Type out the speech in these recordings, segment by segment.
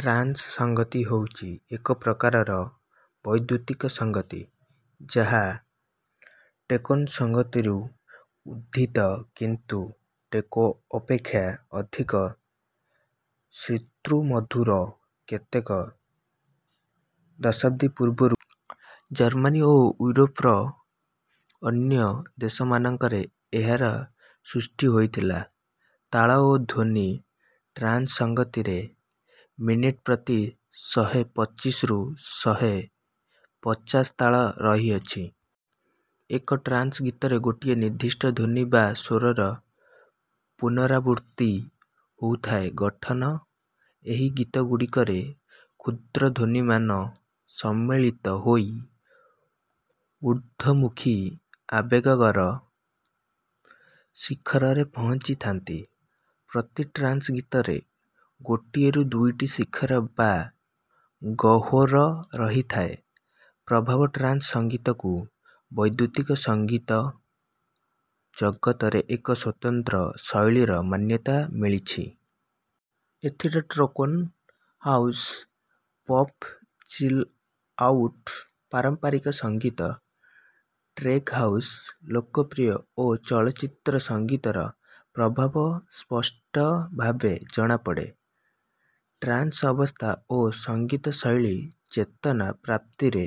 Trance ସଙ୍ଗୀତ ହେଉଛି ଏକ ପ୍ରକାରର ବୈଦୁତିକ ସଙ୍ଗୀତ, ଯାହା ଟେକ୍ନୋ ସଙ୍ଗୀତରୁ ଉଦ୍ଧୃତ କିନ୍ତୁ ଟେକ୍ନୋ ଅପେକ୍ଷା ଅଧିକ ଶ୍ରୁତିମଧୁର। କେତେକ ଦଶନ୍ଧି ପୂର୍ବରୁ ଜର୍ମାନୀ ଓ ଇଉରୋପର ଅନ୍ୟ ଦେଶମାନଙ୍କରେ ଏହାର ସୃଷ୍ଟି ହୋଇଥିଲା। ତାଳ ଓ ଧ୍ୱନି ଟ୍ରାନ୍ସ୍ ସଙ୍ଗୀତରେ ମିନିଟ୍ ପ୍ରତି ଶହେ ପଚିଶିରୁ ଶହେ ପଞ୍ଚାଶ ତାଳ ରହିଥାଏ। ଏକ ଟ୍ରାନ୍ସ୍ ଗୀତରେ ଗୋଟିଏ ନିର୍ଦ୍ଦିଷ୍ଟ ଧ୍ୱନି ବା ସ୍ୱରର ପୁନରାବୃତ୍ତି ହେଉଥାଏ। ଗଠନ ଏହି ଗୀତଗୁଡ଼ିକରେ କ୍ଷୁଦ୍ର ଧ୍ୱନିମାନ ସମ୍ମିଳିତ ହୋଇ ଉର୍ଦ୍ଧ୍ୱମୁଖୀ ଆବେଗର ଶିଖରରେ ପହଞ୍ଚିଥାନ୍ତି। ପ୍ରତି ଟ୍ରାନ୍ସ୍ ଗୀତରେ ଗୋଟିଏରୁ ଦୁଇଟି ଶିଖର ବା ଗହ୍ୱର ରହିଥାଏ। ପ୍ରଭାବ ଟ୍ରାନ୍ସ୍ ସଙ୍ଗୀତକୁ ବୈଦୁତିକ ସଙ୍ଗୀତ ଜଗତରେ ଏକ ସ୍ୱତନ୍ତ୍ର ଶୈଳୀର ମାନ୍ୟତା ମିଳିଛି। ଏଥିରେ ଟେକ୍ନୋ, ହାଉସ୍, ପପ୍, ଚିଲ୍-ଆଉଟ୍, ପାରମ୍ପରିକ ସଙ୍ଗୀତ, ଟେକ୍ ହାଉସ୍, ଲୋକପ୍ରିୟ ଓ ଚଳଚ୍ଚିତ୍ର ସଙ୍ଗୀତର ପ୍ରଭାବ ସ୍ପଷ୍ଟ ଭାବେ ଜଣାପଡ଼େ। ଟ୍ରାନ୍ସ୍ ଅବସ୍ଥା ଓ ସଙ୍ଗୀତ ଶୈଳୀ ଚେତନା ପ୍ରାପ୍ତିରେ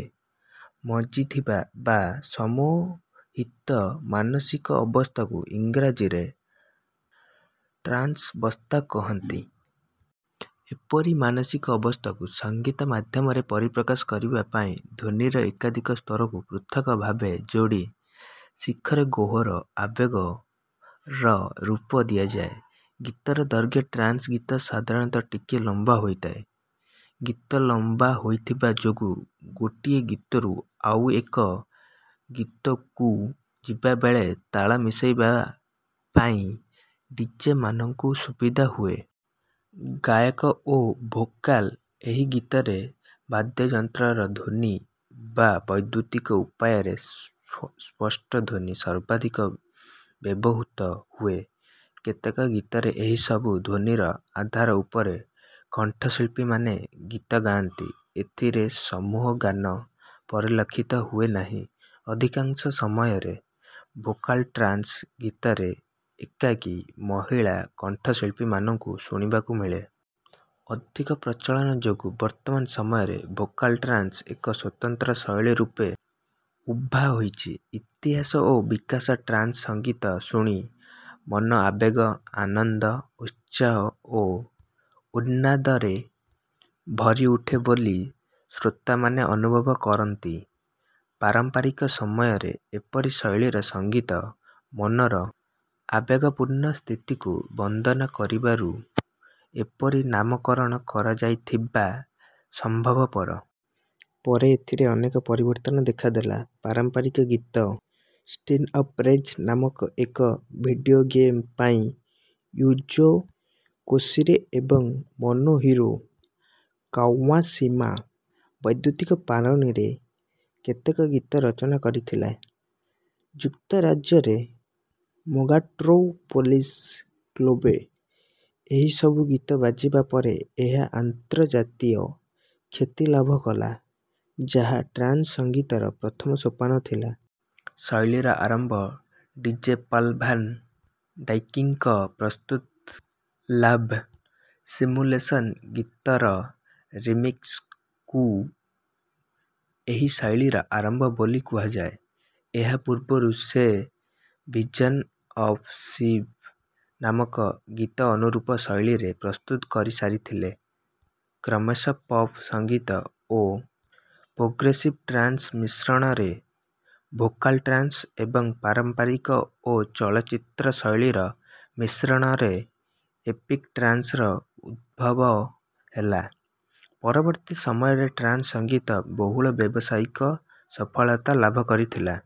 ମଜ୍ଜିଥିବା ବା ସମ୍ମୋହିତ ମାନସିକ ଅବସ୍ଥାକୁ ଇଂରାଜୀରେ ଟ୍ରାନ୍ସ୍ଅ ବସ୍ଥା କହନ୍ତି। ଏପରି ମାନସିକ ଅବସ୍ଥାକୁ ସଙ୍ଗୀତ ମାଧ୍ୟମରେ ପରିପ୍ରକାଶ କରିବା ପାଇଁ ଧ୍ୱନିର ଏକାଧିକ ସ୍ତରକୁ ପୃଥକ୍ ଭାବେ ଯୋଡ଼ି ଶିଖର ଗହ୍ୱର ଆବେଗର ରୂପ ଦିଆଯାଏ। ଗୀତର ଦୈର୍ଘ୍ୟ ଟ୍ରାନ୍ସ୍ ଗୀତ ସାଧାରଣତଃ ଟିକେ ଲମ୍ବା ହୋଇଥାଏ। ଗୀତ ଲମ୍ବା ହୋଇଥିବା ଯୋଗୁଁ ଗୋଟିଏ ଗୀତରୁ ଆଉ ଏକ ଗୀତକୁ ଯିବା ବେଳେ ତାଳ ମିଶାଇବା ପାଇଁ ଡିଜେ ମାନଙ୍କୁ ସୁବିଧା ହୁଏ। ଗାୟକ ଓ ଭୋକାଲ୍ ଏହି ଗୀତରେ ବାଦ୍ୟଯନ୍ତ୍ରର ଧ୍ୱନି ବା ବୈଦୁତିକ ଉପାୟରେ ସୃଷ୍ଟ ଧ୍ୱନି ସର୍ବାଧିକ ବ୍ୟବହୃତ ହୁଏ। କେତେକ ଗୀତରେ ଏହି ସବୁ ଧ୍ୱନିର ଆଧାର ଉପରେ କଣ୍ଠଶିଳ୍ପୀମାନେ ଗୀତ ଗାଆନ୍ତି। ଏଥିରେ ସମୂହଗାନ ପରିଲକ୍ଷିତ ହୁଏନାହିଁ। ଅଧିକାଂଶ ସମୟରେ ଭୋକାଲ୍ ଟ୍ରାନ୍ସ୍ ଗୀତରେ ଏକାକୀ ମହିଳା କଣ୍ଠଶିଳ୍ପୀମାନଙ୍କୁ ଶୁଣିବାକୁ ମିଳେ। ଅଧିକ ପ୍ରଚଳନ ଯୋଗୁଁ ବର୍ତ୍ତମାନ ସମୟରେ ଭୋକାଲ୍ ଟ୍ରାନ୍ସ୍ ଏକ ସ୍ୱତନ୍ତ୍ର ଶୈଳୀ ରୂପେ ଉଭା ହୋଇଛି। ଇତିହାସ ଓ ବିକାଶ ଟ୍ରାନ୍ସ୍ ସଙ୍ଗୀତ ଶୁଣି ମନ ଆବେଗ, ଆନନ୍ଦ, ଉତ୍ସାହ ଓ ଉନ୍ମାଦନାରେ ଭରି ଉଠେ ବୋଲି ଶ୍ରୋତାମାନେ ଅନୁଭବ କରନ୍ତି। ପ୍ରାରମ୍ଭିକ ସମୟରେ ଏପରି ଶୈଳୀର ସଙ୍ଗୀତ ମନର ଆବେଗପୂର୍ଣ୍ଣ ସ୍ଥିତିକୁ ବନ୍ଦନା କରୁଥିବାରୁ ଏପରି ନାମକରଣ କରାଯାଇଥିବା ସମ୍ଭବପର। ପରେ ଏଥିରେ ଅନେକ ପରିବର୍ତ୍ତନ ଦେଖାଦେଲା। ପ୍ରାରମ୍ଭିକ ଗୀତ ଷ୍ଟ୍ରିଟ୍ସ୍ ଅଫ୍ ରେଜ୍ ନାମକ ଏକ ଭିଡ଼ିଓ ଗେମ୍ ପାଇଁ ୟୁଜୋ କୋଶିରୋ ଏବଂ ମୋତୋହିରୋ କାୱାଶିମା ବୈଦୁତିକ ପ୍ରଣାଳୀରେ କେତେକ ଗୀତ ରଚନା କରିଥିଲେ। ଯୁକ୍ତରାଜ୍ୟର ମେଗାଟ୍ରିପୋଲିସ୍ କ୍ଲବ୍ରେ ଏହି ସବୁ ଗୀତ ବାଜିବା ପରେ ଏହା ଅନ୍ତର୍ଜାତୀୟ ଖ୍ୟାତି ଲାଭ କଲା, ଯାହା ଟ୍ରାନ୍ସ୍ ସଙ୍ଗୀତର ପ୍ରଥମ ସୋପାନ ଥିଲା। ଶୈଳୀର ଆରମ୍ଭ ଡିଜେ ପଲ୍ ଭାନ୍ ଡାଇକ୍‌ଙ୍କ ପ୍ରସ୍ତୁତ ଲଭ୍ ସିମ୍ୟୁଲେସନ୍ ଗୀତର ରିମିକ୍ସ୍ରୁ ଏହି ଶୈଳୀର ଆରମ୍ଭ ବୋଲି କୁହାଯାଏ। ଏହା ପୂର୍ବରୁ ସେ ଭିଜନ୍ ଅଫ୍ ଶିବ ନାମକ ଗୀତ ଅନୁରୂପ ଶୈଳୀରେ ପ୍ରସ୍ତୁତ କରିସାରିଥିଲେ। କ୍ରମଶଃ ପପ୍ ସଙ୍ଗୀତ ଓ ପ୍ରୋଗ୍ରେସିଭ୍ ଟ୍ରାନ୍ସ୍ର ମିଶ୍ରଣରେ ଭୋକାଲ୍ ଟ୍ରାନ୍ସ୍ ଏବଂ ପାରମ୍ପରିକ ଓ ଚଳଚ୍ଚିତ୍ର ଶୈଳୀର ମିଶ୍ରଣରେ ଏପିକ୍ ଟ୍ରାନ୍ସ୍ ର ଉଦ୍ଭବ ହେଲା। ପରବର୍ତ୍ତୀ ସମୟରେ ଟ୍ରାନ୍ସ୍ ସଙ୍ଗୀତ ବହୁଳ ବ୍ୟାବସାୟିକ ସଫଳତା ଲାଭ କରିଥିଲା।